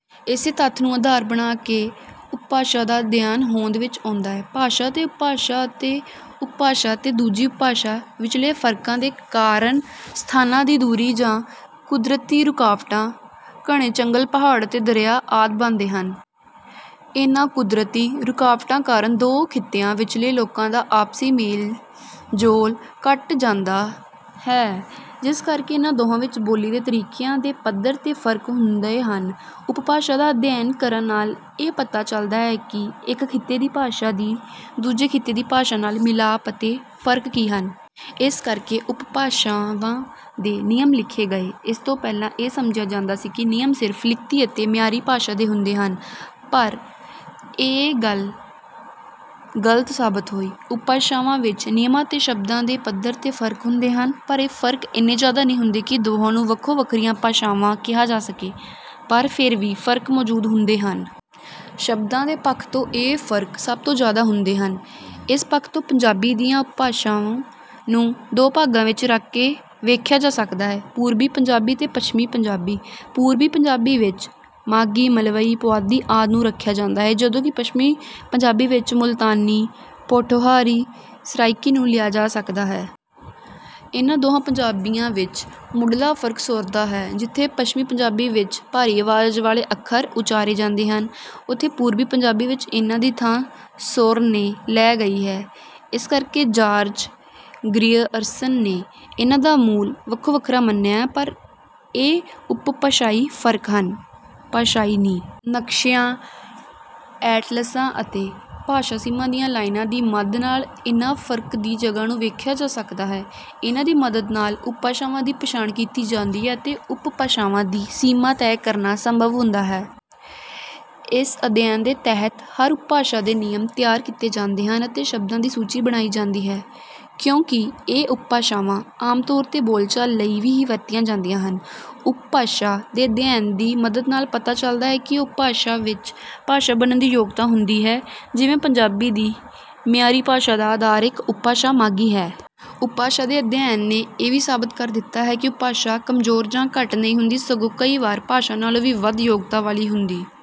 ਇਸੇ ਤੱਥ ਨੂੰ ਅਧਾਰ ਬਣਾ ਕੇ ਉਪਭਾਸ਼ਾ ਦਾ ਅਧਿਐਨ ਹੋਂਦ ਵਿੱਚ ਆਉਂਦਾ ਹੈ। ਭਾਸ਼ਾ ਤੇ ਉਪਭਾਸ਼ਾ ਅਤੇ ਉਪਭਾਸ਼ਾ ਤੇ ਦੂਜੀ ਉਪਭਾਸ਼ਾ ਵਿਚਲੇ ਫਰਕਾਂ ਦੇ ਕਾਰਨ ਸਥਾਨਾਂ ਦੀ ਦੂਰੀ ਜਾਂ ਕੁਦਰਤੀ ਰੁਕਾਵਟਾਂ, ਘਣੇ ਜੰਗਲ, ਪਹਾੜ ਅਤੇ ਦਰਿਆ ਆਦਿ ਬਣਦੇ ਹਨ। ਇਨ੍ਹਾਂ ਕੁਦਰਤੀ ਰੁਕਾਵਟਾਂ ਕਾਰਨ ਦੋ ਖਿੱਤਿਆਂ ਵਿਚਲੇ ਲੋਕਾਂ ਦਾ ਆਪਸੀ ਮੇਲ-ਜੋਲ ਘੱਟ ਜਾਂਦਾ ਹੈ, ਜਿਸ ਕਰਕੇ ਇਨ੍ਹਾਂ ਦੋਹਾਂ ਵਿੱਚ ਬੋਲੀ ਦੇ ਤਰੀਕਿਆਂ ਦੇ ਪੱਧਰ 'ਤੇ ਫਰਕ ਹੁੰਦੇ ਹਨ। ਉਪਭਾਸ਼ਾ ਦਾ ਅਧਿਐਨ ਕਰਨ ਨਾਲ ਇਹ ਪਤਾ ਚਲਦਾ ਹੈ ਕਿ ਇੱਕ ਖਿੱਤੇ ਦੀ ਭਾਸ਼ਾ ਦੀ ਦੂਜੇ ਖਿੱਤੇ ਦੀ ਭਾਸ਼ਾ ਨਾਲ ਮਿਲਾਪ ਅਤੇ ਫਰਕ ਕੀ ਹਨ। ਇਸ ਕਰਕੇ ਉਪਭਾਸ਼ਾਵਾਂ ਦੇ ਨਿਯਮ ਲਿਖੇ ਗਏ। ਇਸ ਤੋਂ ਪਹਿਲਾਂ ਇਹ ਸਮਝਿਆ ਜਾਂਦਾ ਸੀ ਕਿ ਨਿਯਮ ਸਿਰਫ਼ ਲਿਖਤੀ ਅਤੇ ਮਿਆਰੀ ਭਾਸ਼ਾ ਦੇ ਹੁੰਦੇ ਹਨ, ਪਰ ਇਹ ਗੱਲ ਗਲਤ ਸਾਬਤ ਹੋਈ। ਉਪਭਾਸ਼ਾਵਾਂ ਵਿੱਚ ਨਿਯਮਾਂ ਅਤੇ ਸ਼ਬਦਾਂ ਦੇ ਪੱਧਰ 'ਤੇ ਫਰਕ ਹੁੰਦੇ ਹਨ, ਪਰ ਇਹ ਫਰਕ ਇੰਨੇ ਜ਼ਿਆਦਾ ਨਹੀਂ ਹੁੰਦੇ ਕਿ ਦੋਹਾਂ ਨੂੰ ਵੱਖੋ-ਵੱਖਰੀਆਂ ਭਾਸ਼ਾਵਾਂ ਕਿਹਾ ਜਾ ਸਕੇ, ਪਰ ਫਿਰ ਵੀ ਫਰਕ ਮੌਜੂਦ ਹੁੰਦੇ ਹਨ। ਸ਼ਬਦਾਂ ਦੇ ਪੱਖ ਤੋਂ ਇਹ ਫਰਕ ਸਭ ਤੋਂ ਜ਼ਿਆਦਾ ਹੁੰਦੇ ਹਨ। ਇਸ ਪੱਖ ਤੋਂ ਪੰਜਾਬੀ ਦੀਆਂ ਉਪਭਾਸ਼ਾਵਾਂ ਨੂੰ ਦੋ ਭਾਗਾਂ ਵਿੱਚ ਰੱਖ ਕੇ ਵੇਖਿਆ ਜਾ ਸਕਦਾ ਹੈ: ਪੂਰਬੀ ਪੰਜਾਬੀ ਤੇ ਪੱਛਮੀ ਪੰਜਾਬੀ। ਪੂਰਬੀ ਪੰਜਾਬੀ ਵਿੱਚ ਮਾਝੀ, ਮਲਵਈ, ਪੁਆਧੀ ਆਦਿ ਨੂੰ ਰੱਖਿਆ ਜਾਂਦਾ ਹੈ, ਜਦੋਂ ਕਿ ਪੱਛਮੀ ਪੰਜਾਬੀ ਵਿੱਚ ਮੁਲਤਾਨੀ, ਪੋਠੋਹਾਰੀ, ਸਰਾਇਕੀ ਨੂੰ ਲਿਆ ਜਾ ਸਕਦਾ ਹੈ। ਇਨ੍ਹਾਂ ਦੋਹਾਂ ਪੰਜਾਬੀਆਂ ਵਿੱਚ ਮੁੱਢਲਾ ਫਰਕ ਸੁਰ ਦਾ ਹੈ। ਜਿੱਥੇ ਪੱਛਮੀ ਪੰਜਾਬੀ ਵਿੱਚ ਭਾਰੀ ਆਵਾਜ਼ ਵਾਲੇ ਅੱਖਰ ਉਚਾਰੇ ਜਾਂਦੇ ਹਨ, ਉੱਥੇ ਪੂਰਬੀ ਪੰਜਾਬੀ ਵਿੱਚ ਇਨ੍ਹਾਂ ਦੀ ਥਾਂ ਸੁਰ ਨੇ ਲੈ ਲਈ ਹੈ। ਇਸ ਕਰਕੇ ਜਾਰਜ ਗਰੀਅਰਸਨ ਨੇ ਇਨ੍ਹਾਂ ਦਾ ਮੂਲ ਵੱਖੋ-ਵੱਖਰਾ ਮੰਨਿਆ ਹੈ, ਪਰ ਇਹ ਉਪਭਾਸ਼ਾਈ ਫਰਕ ਹਨ, ਭਾਸ਼ਾਈ ਨਹੀਂ। ਨਕਸ਼ਿਆਂ, ਐਟਲਸਾਂ ਅਤੇ ਭਾਸ਼ਾ-ਸੀਮਾ ਦੀਆਂ ਲਾਈਨਾਂ ਦੀ ਮਦ ਨਾਲ ਇਨ੍ਹਾਂ ਫਰਕਾਂ ਦੀ ਜਗ੍ਹਾ ਨੂੰ ਵੇਖਿਆ ਜਾ ਸਕਦਾ ਹੈ। ਇਨ੍ਹਾਂ ਦੀ ਮਦਦ ਨਾਲ ਉਪਭਾਸ਼ਾਵਾਂ ਦੀ ਪਛਾਣ ਕੀਤੀ ਜਾਂਦੀ ਹੈ ਅਤੇ ਉਪਭਾਸ਼ਾਵਾਂ ਦੀ ਸੀਮਾ ਤੈਅ ਕਰਨਾ ਸੰਭਵ ਹੁੰਦਾ ਹੈ। ਇਸ ਅਧਿਐਨ ਦੇ ਤਹਿਤ ਹਰ ਉਪਭਾਸ਼ਾ ਦੇ ਨਿਯਮ ਤਿਆਰ ਕੀਤੇ ਜਾਂਦੇ ਹਨ ਅਤੇ ਸ਼ਬਦਾਂ ਦੀ ਸੂਚੀ ਬਣਾਈ ਜਾਂਦੀ ਹੈ, ਕਿਉਂਕਿ ਇਹ ਉਪਭਾਸ਼ਾਵਾਂ ਆਮ ਤੌਰ 'ਤੇ ਬੋਲਚਾਲ ਲਈ ਹੀ ਵਰਤੀਆਂ ਜਾਂਦੀਆਂ ਹਨ। ਉਪਭਾਸ਼ਾ ਦੇ ਅਧਿਐਨ ਦੀ ਮਦਦ ਨਾਲ ਪਤਾ ਚਲਦਾ ਹੈ ਕਿ ਇੱਕ ਉਪਭਾਸ਼ਾ ਵਿੱਚ ਭਾਸ਼ਾ ਬਣਨ ਦੀ ਯੋਗਤਾ ਹੁੰਦੀ ਹੈ, ਜਿਵੇਂ ਪੰਜਾਬੀ ਦੀ ਮਿਆਰੀ ਭਾਸ਼ਾ ਦਾ ਅਧਾਰ ਇੱਕ ਉਪਭਾਸ਼ਾ 'ਮਾਝੀ' ਹੈ। ਉਪਭਾਸ਼ਾ ਦੇ ਅਧਿਐਨ ਨੇ ਇਹ ਵੀ ਸਾਬਤ ਕਰ ਦਿੱਤਾ ਹੈ ਕਿ ਉਪਭਾਸ਼ਾ ਕਮਜ਼ੋਰ ਜਾਂ ਘੱਟ ਨਹੀਂ ਹੁੰਦੀ, ਸਗੋਂ ਕਈ ਵਾਰ ਭਾਸ਼ਾ ਨਾਲੋਂ ਵੀ ਵੱਧ ਯੋਗਤਾ ਵਾਲੀ ਹੁੰਦੀ